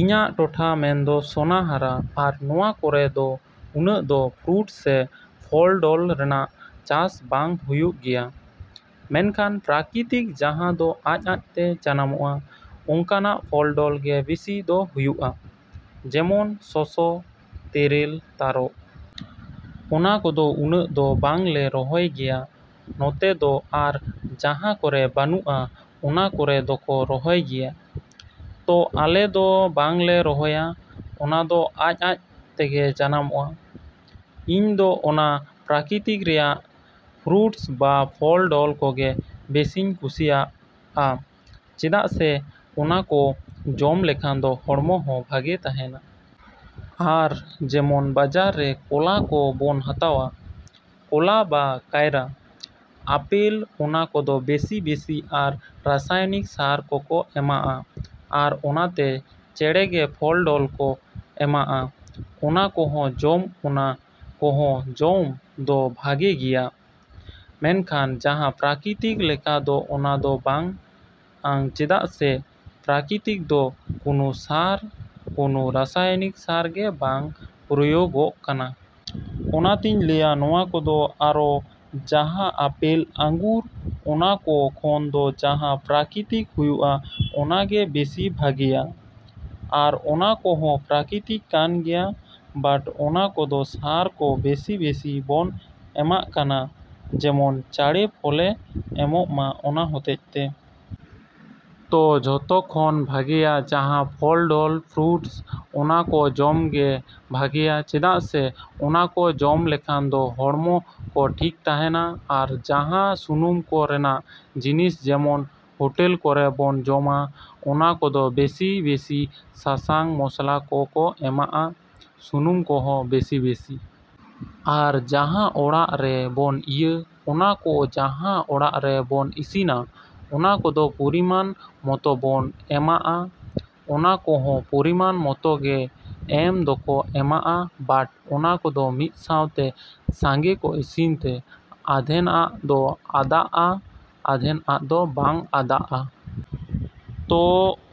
ᱤᱧᱟᱹᱜ ᱴᱚᱴᱷᱟ ᱢᱮᱱᱫᱚ ᱥᱳᱱᱟᱦᱟᱨᱟ ᱟᱨ ᱱᱚᱣᱟ ᱠᱚᱨᱮ ᱫᱚ ᱩᱱᱟᱹᱜ ᱫᱚ ᱯᱷᱨᱩᱴᱥ ᱥᱮ ᱯᱷᱚᱞᱼᱰᱚᱞ ᱨᱮᱱᱟᱜ ᱫᱚ ᱪᱟᱥᱵᱟᱥ ᱵᱟᱝ ᱦᱩᱭᱩᱜ ᱜᱮᱭᱟ, ᱢᱮᱱᱠᱷᱟᱱ ᱯᱨᱟᱠᱨᱤᱛᱤᱠ ᱡᱟᱦᱟᱸ ᱫᱚ ᱟᱡᱼᱟᱡ ᱛᱮᱜᱮ ᱡᱟᱱᱟᱢᱚᱜᱼᱟ ᱚᱝᱠᱟᱱᱟᱜ ᱯᱷᱚᱞᱼᱰᱚᱞ ᱜᱮ ᱵᱮᱥᱤ ᱫᱚ ᱦᱩᱭᱩᱜᱼᱟ, ᱡᱮᱢᱚᱱ ᱥᱚᱥᱚ, ᱛᱮᱨᱮᱞ, ᱛᱟᱨᱚᱵᱽ᱾ ᱚᱱᱟ ᱠᱚᱫᱚ ᱩᱱᱟᱹᱜ ᱫᱚ ᱵᱟᱝ ᱞᱮ ᱨᱚᱦᱚᱭ ᱜᱮᱭᱟ ᱱᱚᱛᱮ ᱫᱚ ᱟᱨ ᱡᱟᱦᱟᱸ ᱠᱚᱨᱮ ᱵᱟᱹᱱᱩᱜᱼᱟ ᱚᱱᱟ ᱠᱚᱨᱮ ᱫᱚᱠᱚ ᱨᱚᱦᱚᱭ ᱜᱮᱭᱟ᱾ ᱛᱚ ᱟᱞᱮ ᱫᱚ ᱵᱟᱝ ᱞᱮ ᱨᱚᱦᱚᱭᱟ, ᱚᱱᱟ ᱫᱚ ᱟᱡᱼᱟᱡ ᱛᱮᱜᱮ ᱡᱟᱱᱟᱢᱚᱜᱼᱟ᱾ ᱤᱧ ᱫᱚ ᱚᱱᱟ ᱯᱨᱟᱠᱨᱤᱛᱤᱠ ᱨᱮᱱᱟᱜ ᱯᱷᱨᱩᱴᱥ ᱵᱟ ᱯᱷᱚᱞᱼᱰᱚᱞ ᱠᱚᱜᱮ ᱵᱮᱥᱤᱧ ᱠᱩᱥᱤᱭᱟᱜᱼᱟ ᱪᱮᱫᱟᱜ ᱥᱮ ᱚᱱᱟ ᱠᱚ ᱡᱚᱢ ᱞᱮᱠᱷᱟᱱ ᱫᱚ ᱦᱚᱲᱢᱚ ᱦᱚᱸ ᱵᱷᱟᱜᱮ ᱛᱟᱦᱮᱱᱟ᱾ ᱟᱨ ᱡᱮᱢᱚᱱ ᱵᱟᱡᱟᱨ ᱨᱮ ᱠᱚᱞᱟ ᱠᱚ ᱵᱚᱱ ᱦᱟᱛᱟᱣᱟ, ᱠᱚᱞᱟ ᱵᱟ ᱠᱟᱭᱨᱟ, ᱟᱯᱮᱞ ᱚᱱᱟ ᱠᱚᱫᱚ ᱵᱮᱥᱤᱼᱵᱮᱥᱤ ᱟᱨ ᱨᱟᱥᱟᱭᱱᱤᱠ ᱥᱟᱨ ᱠᱚᱠᱚ ᱮᱢᱟᱜᱼᱟ ᱟᱨ ᱚᱱᱟᱛᱮ ᱪᱟᱬᱮ ᱜᱮ ᱯᱷᱚᱞᱼᱰᱚᱞ ᱠᱚ ᱮᱢᱟᱜᱼᱟ᱾ ᱚᱱᱟ ᱠᱚᱦᱚᱸ ᱡᱚᱢ ᱚᱱᱟ ᱠᱚᱦᱚᱸ ᱡᱚᱢ ᱫᱚ ᱵᱷᱟᱜᱮ ᱜᱮᱭᱟ ᱢᱮᱱᱠᱷᱟᱱ ᱡᱟᱦᱟᱸ ᱯᱨᱟᱠᱨᱤᱛᱤᱠ ᱞᱮᱠᱟ ᱫᱚ ᱚᱱᱟ ᱫᱚ ᱵᱟᱝ ᱪᱮᱫᱟᱜ ᱥᱮ ᱯᱨᱟᱠᱨᱤᱛᱤᱠ ᱫᱚ ᱠᱚᱱᱚ ᱥᱟᱨ, ᱠᱚᱱᱚ ᱨᱟᱥᱟᱭᱱᱤᱠ ᱥᱟᱨ ᱜᱮ ᱵᱟᱝ ᱯᱨᱚᱭᱚᱜᱚᱜ ᱠᱟᱱᱟ᱾ ᱚᱱᱟᱛᱮᱧ ᱞᱟᱹᱭᱟ ᱱᱚᱣᱟ ᱠᱚᱫᱚ ᱟᱨᱚ ᱡᱟᱦᱟᱸ ᱟᱯᱮᱞ, ᱟᱝᱜᱩᱨ ᱚᱱᱟ ᱠᱚ ᱠᱷᱚᱱ ᱫᱚ ᱡᱟᱦᱟᱸ ᱯᱨᱟᱠᱨᱤᱛᱤᱠ ᱦᱩᱭᱩᱜᱼᱟ ᱚᱱᱟ ᱜᱮ ᱵᱮᱥᱤ ᱵᱷᱟᱜᱮᱭᱟ᱾ ᱟᱨ ᱚᱱᱟ ᱠᱚᱦᱚᱸ ᱯᱨᱟᱠᱨᱤᱛᱤᱠ ᱠᱟᱱ ᱜᱮᱭᱟ ᱵᱟᱴ ᱚᱱᱟ ᱠᱚᱫᱚ ᱥᱟᱨ ᱠᱚ ᱵᱮᱥᱤᱼᱵᱮᱥᱤ ᱵᱚᱱ ᱮᱢᱟᱜ ᱠᱟᱱᱟ ᱡᱮᱢᱚᱱ ᱪᱟᱬᱮ ᱯᱷᱚᱞᱮ ᱮᱢᱚᱜ ᱢᱟ ᱚᱱᱟ ᱦᱚᱛᱮᱡ ᱛᱮ᱾ ᱛᱚ ᱡᱚᱛᱚ ᱠᱷᱚᱱ ᱵᱷᱟᱜᱮᱭᱟ ᱡᱟᱦᱟᱸ ᱯᱷᱚᱞᱼᱰᱚᱞ, ᱯᱷᱨᱩᱴᱥ ᱚᱱᱟ ᱠᱚ ᱡᱚᱢ ᱜᱮ ᱵᱷᱟᱜᱮᱭᱟ ᱪᱮᱫᱟᱜ ᱥᱮ ᱚᱱᱟ ᱠᱚ ᱡᱚᱢ ᱞᱮᱠᱷᱟᱱ ᱫᱚ ᱦᱚᱲᱢᱚ ᱠᱚ ᱴᱷᱤᱠ ᱛᱟᱦᱮᱱᱟ᱾ ᱟᱨ ᱡᱟᱦᱟᱸ ᱥᱩᱱᱩᱢ ᱠᱚ ᱨᱮᱱᱟᱜ ᱡᱤᱱᱤᱥ ᱡᱮᱢᱚᱱ ᱦᱚᱴᱮᱞ ᱠᱚᱨᱮ ᱵᱚᱱ ᱡᱚᱢᱟ ᱚᱱᱟ ᱠᱚᱫᱚ ᱵᱮᱥᱤᱼᱵᱮᱥᱤ ᱥᱟᱥᱟᱝ ᱢᱚᱥᱞᱟ ᱠᱚᱠᱚ ᱮᱢᱟᱜᱼᱟ, ᱥᱩᱱᱩᱢ ᱠᱚᱦᱚᱸ ᱵᱮᱥᱤᱼᱵᱮᱥᱤ᱾ ᱟᱨ ᱡᱟᱦᱟᱸ ᱚᱲᱟᱜ ᱨᱮ ᱵᱚᱱ ᱤᱭᱟᱹ ᱚᱱᱟ ᱠᱚ ᱡᱟᱦᱟᱸ ᱚᱲᱟᱜ ᱨᱮ ᱵᱚᱱ ᱤᱥᱤᱱᱟ ᱚᱱᱟ ᱠᱚᱫᱚ ᱯᱚᱨᱤᱢᱟᱱ ᱢᱚᱛᱚ ᱵᱚᱱ ᱮᱢᱟᱜᱼᱟ᱾ ᱚᱱᱟ ᱠᱚᱦᱚᱸ ᱯᱚᱨᱤᱢᱟᱱ ᱢᱚᱛᱚ ᱜᱮ ᱮᱢ ᱫᱚᱠᱚ ᱮᱢᱟᱜᱼᱟ ᱵᱟᱴ ᱚᱱᱟ ᱠᱚᱫᱚ ᱢᱤᱫ ᱥᱟᱶᱛᱮ ᱥᱟᱸᱜᱮ ᱠᱚ ᱤᱥᱤᱱ ᱛᱮ ᱟᱫᱷᱮᱱᱟᱜ ᱫᱚ ᱟᱫᱟᱜᱼᱟ, ᱟᱫᱷᱮᱱᱟᱜ ᱫᱚ ᱵᱟᱝ ᱟᱫᱟᱜᱼᱟ᱾ ᱛᱚ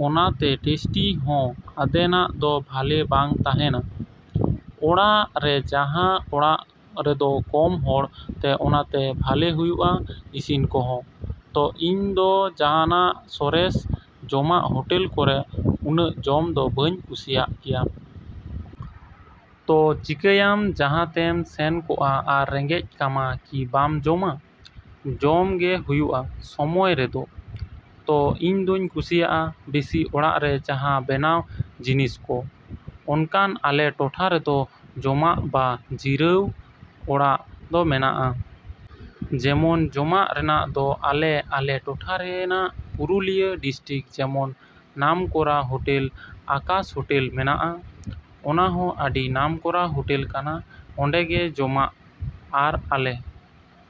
ᱚᱱᱟᱛᱮ ᱴᱮᱥᱴᱤ ᱦᱚᱸ ᱟᱫᱷᱮᱱᱟᱜ ᱫᱚ ᱵᱷᱟᱞᱮ ᱵᱟᱝ ᱛᱟᱦᱮᱱᱟ᱾ ᱚᱲᱟᱜ ᱨᱮ ᱡᱟᱦᱟᱸ ᱚᱲᱟᱜ ᱨᱮᱫᱚ ᱠᱚᱢ ᱦᱚᱲ ᱛᱚ ᱚᱱᱟᱛᱮ ᱵᱷᱟᱞᱮ ᱦᱩᱭᱩᱜᱼᱟ ᱤᱥᱤᱱ ᱠᱚᱦᱚᱸ᱾ ᱛᱚ ᱤᱧ ᱫᱚ ᱡᱟᱱᱟᱸ ᱥᱚᱨᱮᱥ ᱡᱚᱢᱟᱜ ᱦᱚᱴᱮᱞ ᱠᱚᱨᱮ ᱩᱱᱟᱹᱜ ᱡᱚᱢ ᱫᱚ ᱵᱟᱹᱧ ᱠᱩᱥᱤᱭᱟᱜ ᱜᱮᱭᱟ᱾ ᱛᱚ ᱪᱤᱠᱟᱭᱟᱢ ᱡᱟᱦᱟᱸ ᱛᱮᱢ ᱥᱮᱱ ᱠᱚᱜᱼᱟ ᱟᱨ ᱨᱮᱸᱜᱮᱡ ᱠᱟᱢᱟ ᱠᱤ ᱵᱟᱢ ᱡᱚᱢᱟ? ᱡᱚᱢ ᱜᱮ ᱦᱩᱭᱩᱜᱼᱟ ᱥᱚᱢᱚᱭ ᱨᱮᱫᱚ᱾ ᱛᱚ ᱤᱧ ᱫᱚᱧ ᱠᱩᱥᱤᱭᱟᱜᱼᱟ ᱵᱮᱥᱤ ᱚᱲᱟᱜ ᱨᱮ ᱡᱟᱦᱟᱸ ᱵᱮᱱᱟᱣ ᱡᱤᱱᱤᱥ ᱠᱚ᱾ ᱚᱱᱠᱟᱱ ᱟᱞᱮ ᱴᱚᱴᱷᱟ ᱨᱮᱫᱚ ᱡᱚᱢᱟᱜ ᱵᱟ ᱡᱤᱨᱟᱹᱣ ᱚᱲᱟᱜ ᱫᱚ ᱢᱮᱱᱟᱜᱼᱟ᱾ ᱡᱮᱢᱚᱱ ᱡᱚᱢᱟᱜ ᱨᱮᱱᱟᱜ ᱫᱚ ᱟᱞᱮ ᱟᱞᱮ ᱴᱚᱴᱷᱟ ᱨᱮᱱᱟᱜ ᱯᱩᱨᱩᱞᱤᱭᱟᱹ ᱰᱤᱥᱴᱨᱤᱠ ᱡᱮᱢᱚᱱ ᱱᱟᱢᱠᱚᱨᱟ ᱦᱚᱴᱮᱞ ᱟᱠᱟᱥ ᱦᱚᱴᱮᱞ ᱢᱮᱱᱟᱜᱼᱟ, ᱚᱱᱟ ᱦᱚᱸ ᱟᱹᱰᱤ ᱱᱟᱢᱠᱚᱨᱟ ᱦᱚᱴᱮᱞ ᱠᱟᱱᱟ, ᱚᱸᱰᱮ ᱜᱮ ᱡᱚᱢᱟᱜ᱾ ᱟᱨ ᱟᱞᱮ᱾